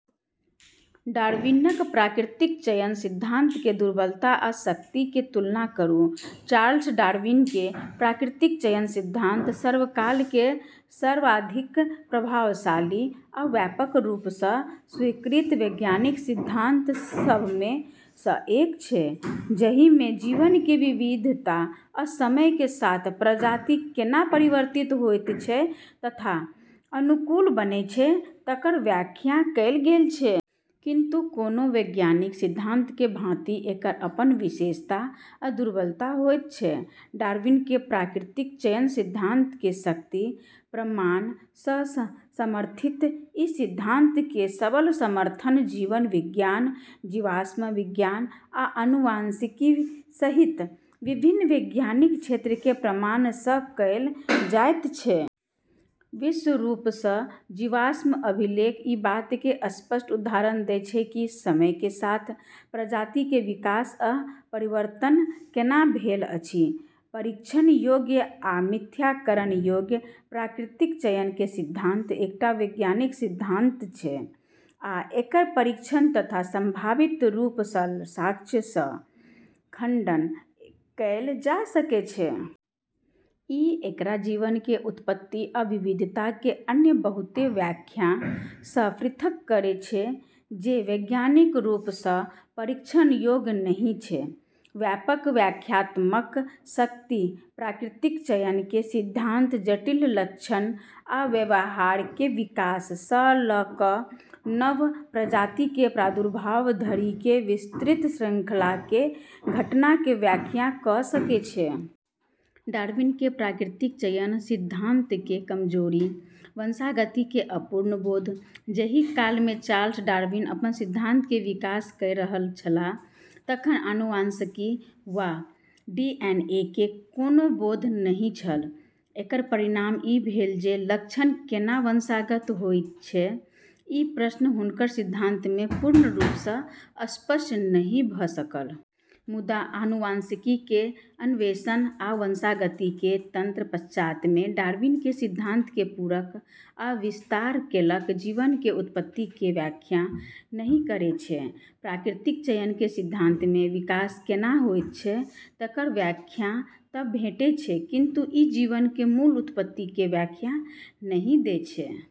डार्विनक प्राकृतिक चयन सिद्धांत के दुर्बलता आ शक्ति के तुलना करू। चार्ल्स डार्विन के प्राकृतिक चयन सिद्धांत सर्वकाल के सर्वाधिक प्रभावशाली आ व्यापक रूप सँ स्वीकृत वैज्ञानिक सिद्धांत सभ में सँ एक छै, जहि में जीवन के विविधता आ समय के साथ प्रजाति केंना परिवर्तित होइत छै तथा अनुकूल बनै छै, तकर व्याख्या कएल गेल छै। किंतु, कोनो वैज्ञानिक सिद्धांत के भाँति एकर अपन विशेषता आ दुर्बलता होइत छै। डार्विन के प्राकृतिक चयन सिद्धांत के शक्ति: प्रमाण सँ समर्थित: ई सिद्धांत के सबल समर्थन जीव विज्ञान, जीवाश्म विज्ञान, आ आनुवंशिकी सहित विभिन्न वैज्ञानिक क्षेत्र के प्रमाण सँ कएल जाइत छै। विशेष रूप सँ जीवाश्म अभिलेख ई बात के स्पष्ट उदाहरण दै छै कि समय के साथ प्रजाति के विकास आ परिवर्तन केंना भेल अछि। परीक्षण योग्य आ मिथ्याकरण योग्य: प्राकृतिक चयन के सिद्धांत एकटा वैज्ञानिक सिद्धांत छै आ एकर परीक्षण तथा संभावित रूप सँ साक्ष्य सँ खंडन कएल जा सकै छै। ई एकरा जीवन के उत्पत्ति आ विविधता के अन्य बहुते व्याख्या सँ पृथक् करै छै जे वैज्ञानिक रूप सँ परीक्षण योग्य नहि छै। व्यापक व्याख्यात्मक शक्ति: प्राकृतिक चयन के सिद्धांत जटिल लक्षण आ व्यवहार के विकास सँ लऽ कऽ नव प्रजाति के प्रादुर्भाव धरि के विस्तृत शृंखला के घटना के व्याख्या कऽ सकै छै। डार्विन के प्राकृतिक चयन सिद्धांत के कमजोरी: वंशागति के अपूर्ण बोध: जहि काल में चार्ल्स डार्विन अपन सिद्धांत के विकास कए रहल छलाह, तखन आनुवंशिकी वा डीएनए के कोनो बोध नहि छल। एकर परिणाम ई भेल जे लक्षण केंना वंशागत होइत छै, ई प्रश्न हुनकर सिद्धांत में पूर्ण रूप सँ स्पष्ट नहि भऽ सकल। मुदा आनुवंशिकी के अन्वेषण आ वंशागति के तंत्र पश्चात् में डार्विन के सिद्धांत के पूरक आ विस्तार केलक। जीवन के उत्पत्ति के व्याख्या नहि करै छै: प्राकृतिक चयन के सिद्धांत में विकास केंना होइत छै, तकर व्याख्या तँ भेटै छै, किंतु ई जीवन के मूल उत्पत्ति के व्याख्या नहि दै छै।